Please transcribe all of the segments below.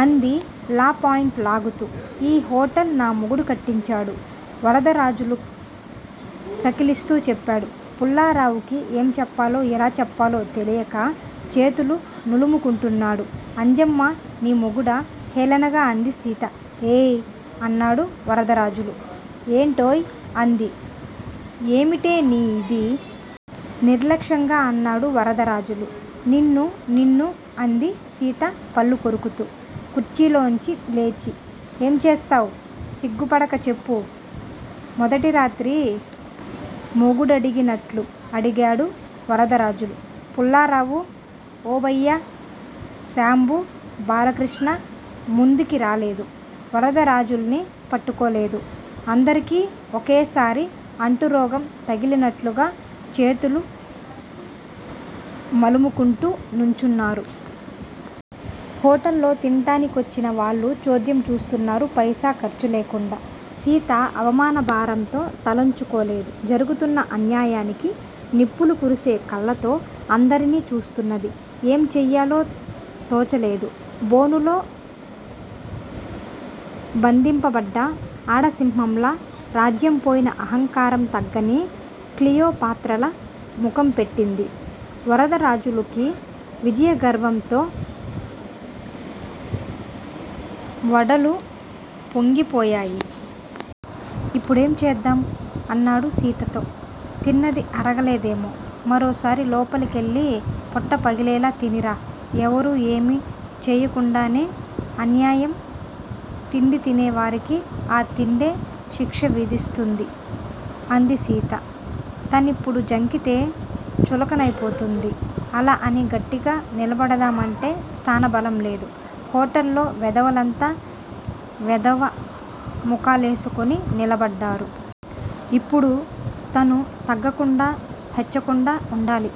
అంది, law point లాగుతూ. ఈ హొటల్ నా మొగుడు కట్టించాడు. వరదరాజులు సకిలిస్తూ చెప్పాడు. పుల్లారావుకి ఏం చెప్పాలో, ఎలా చెప్పాలో తెలియక చేతులు నులుముకుంటున్నాడు. అంజమ్మ నీ మొగుడా? హేళనగా అంది సీత. ఏయ్ అ న్నాడు వరదరాజులు. ఏంటోయ్? అంది ఏమిటే నీ ఇది? నిర్లక్ష్యంగా అన్నాడు వరదరాజులు. నిన్ను నిన్ను అంది సీత పళ్ళు కొరుకుతూ కుర్చీలోంచి లేచి. ఏం చేస్తావ్? సిగ్గుపడక చెప్పు. మొదటిరాత్రి మొగుడడిగినట్లు అడిగాడు వరదరాజులు. పుల్లారావు, ఓబయ్యా, సాంబు, బాలకృష్ణ ముందుకి రాలేదు. వరదరాజులుని పట్టుకోలేదు. అందరికీ ఒకేసారి అంటురోగం తగిలినట్లుగా చేతులు మలుముకుంటూ నుంచున్నారు. హొటల్లో తింటానికొచ్చిన వాళ్లు చోద్యం చూస్తున్నారు పైసా ఖర్చులేకుండా. సీత అవమానభారంతో తలోంచుకోలేదు. జరుగుతున్న అన్యాయానికి నిప్పులు కురిసే కళ్ళతో అందరినీ చూస్తున్నది. ఏం చేయాలో తోచలేదు. బోనులో బంధింపబడ్డ ఆడ సింహంలా, రాజ్యం పోయినా అహంకారం తగ్గని క్లియోపాత్రలా ముఖంపెట్టింది. వరదరాజులుకి విజయగర్వంతో వడలు పొంగిపోయాయి. ఇప్పుడేం చేద్దాం? అన్నాడు సీతతో. తిన్నది అరగలేదేమో! మరోసారి లోపలికెళ్ళి పొట్టపగిలేలా తినిరా! ఎవరూ ఏమీ చేయకుండానే, అన్యాయం తిండి తినేవారికి ఆ తిండే శిక్ష విధిస్తుంది. అంది సీత. తనిప్పుడు జంకితే చులకనయిపోతుంది. అలా అని గట్టిగా నిలబడదామంటే స్థానబలంలేదు. హొటల్లో వెధవలంతా వెధవ ముఖాలేసుకుని నిలబడ్డారు. ఇప్పుడు తను తగ్గకుండా, హెచ్చకుండా వుండాలి.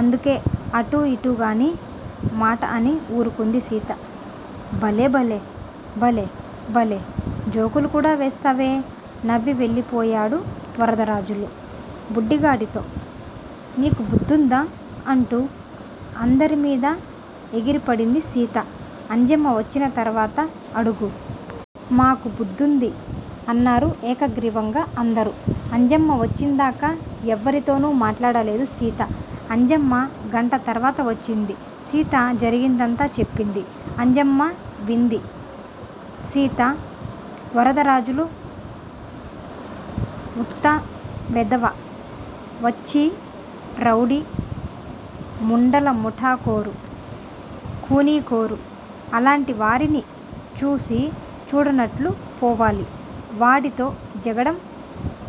అందుకే అటూ, ఇటూగాని మాట అని ఊరుకుంది సీత. భలే భలె, భలె, భలె జోకులుకూడా వేస్తావే! నవ్వి వెళ్లి పోయాడు వరదరాజులు, బుడ్డిగాడితో. మీకు బుద్దుందా? అంటూ అందరి మీద ఎగిరిపడింది సీత. అంజమ్మ వచ్చిన తర్వాత అడుగు. మాకు బుద్దుంది. అన్నారు ఏకగ్రీవంగా అందరూ. అంజమ్మ వచ్చిందాకా ఎవరితోను మాట్లాడలేదు సీత. అంజమ్మ గంట తర్వాత వచ్చింది. సీత జరిగిందంతా చెప్పింది. అంజమ్మ వింది సీతా! వరదరాజులు ఉత్త వెధవ, వచ్చి రౌడీ, ముండల ముఠాకోరు, ఖూనీకోరు, అలాంటివారిని చూసీ చూడనట్లు పోవాలి. వాడితో జగడం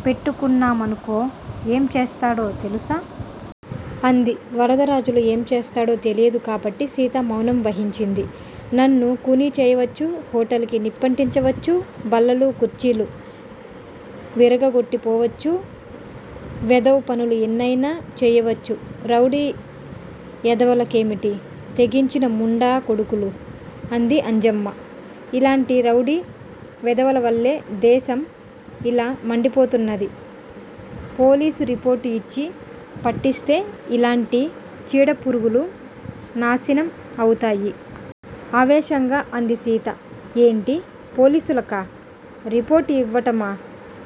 పెట్టుకున్నామనుకో, ఏం చేస్తాడో తెలుసా? అంది. వరదరాజులు ఏంచేస్తాడో తెలియదుకాబట్టి సీత మౌనం వహించింది. నన్ను ఖూనీ చెయ్యొచ్చు, హొటల్ కి నిప్పంటించవచ్చు. బల్లలు కుర్చీలు విరగగొట్టి పోవచ్చు. వెధవపనులు ఎన్నయినా చెయ్యవచ్చు రౌడీ ఎదవలకేమిటి, తెగించిన ముండాకొడుకులు. అంది అంజమ్మ. ఇలాంటి రౌడీ వెధవలవల్లే దేశం ఇలామండిపోతున్నది. పోలీసు రిపోర్టు యిచ్చి, పట్టిస్తే, ఇలాంటి చీడపురుగులు నాశనం అవుతాయి. ఆవేశంగా అందిసీత. ఏంటీ! పోలీసులకా! రిపోర్టు యివ్వటమా?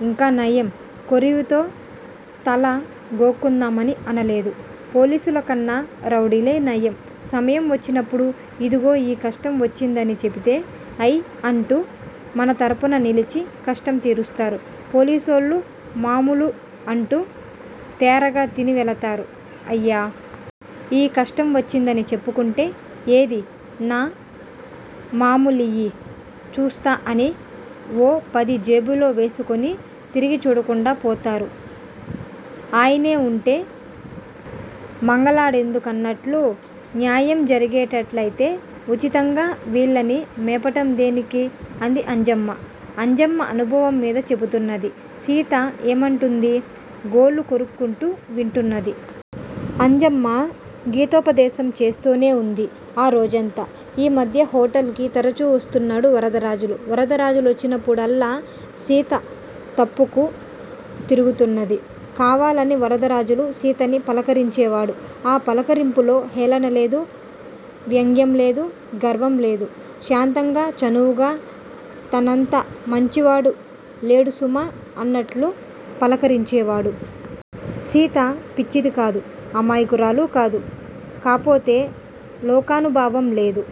ఇంకానయం కొరివితో తల గోక్కుందామని అనలేదు. పోలీసులకన్నా రౌడీలే నయం, సమయం వచ్చినప్పుడు. ఇదిగో ఈ కష్టం వచ్చిందని చెపితే, అయ్ అంటూ మనతరపున నిలిచి కష్టంతీరుస్తారు. పోలీసోళ్ళు మామూలు అంటూ తేరగా తిని వెళతారు. అయ్యా! ఈ కష్టం వచ్చిందని చెప్పుకుంటే, ఏదీ, నా మామూలియ్యి, చూస్తా అని ఓ పది జేబులో వేసుకుని తిరిగి చూడకుండా పోతారు. ఆయనే వుంటే మంగలాడెందుకన్నట్లు, న్యాయం జరిగేటట్లయితే ఉచితంగా వీళ్ళని మేపటం దేనికి? అంది అంజమ్మ. అంజమ్మ అనుభవంమీద చెపుతున్నది. సీత ఏమంటుంది? గోళ్ళు కొరుక్కుంటూ వింటున్నది. అంజమ్మ గీతోపదేశం చేస్తూనే వుంది ఆ రోజంతా. ఈమధ్య హొటల్ కి తరచు వస్తున్నాడు వరదరాజులు. వరదరాజులొచ్చినప్పుడల్లా సీత తప్పుకు తిరుగుతున్నది. కావాలని వరదరాజులు, సీతని పలకరించేవాడు. ఆ పలకరింపులొ హేళన లేదు, వ్యంగ్యం లేదు, గర్వంలేదు. శాంతంగా చనువుగా, తనంత మంచివాడు లేడుసుమా, అన్నట్లు పలకరించేవాడు. సీత పిచ్చిదికాదు, అమాయకురాలు కాదు. కాపోతే లోకానుభావం లేదు.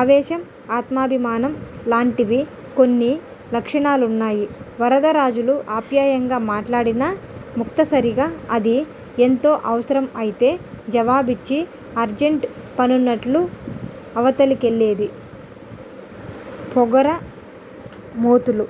ఆవేశం, ఆత్మాభిమనాం లాంటివి కొన్ని లక్షణాలున్నాయి. వరదరాజులు అప్యాయంగా మాట్లాడినా ముక్తసరిగా అదీ ఎంతో అవసరం అయితే జవాబిచ్చి అర్జంట్ పనున్నట్లు అవతలికెళ్ళేది. పొగరమోతులు,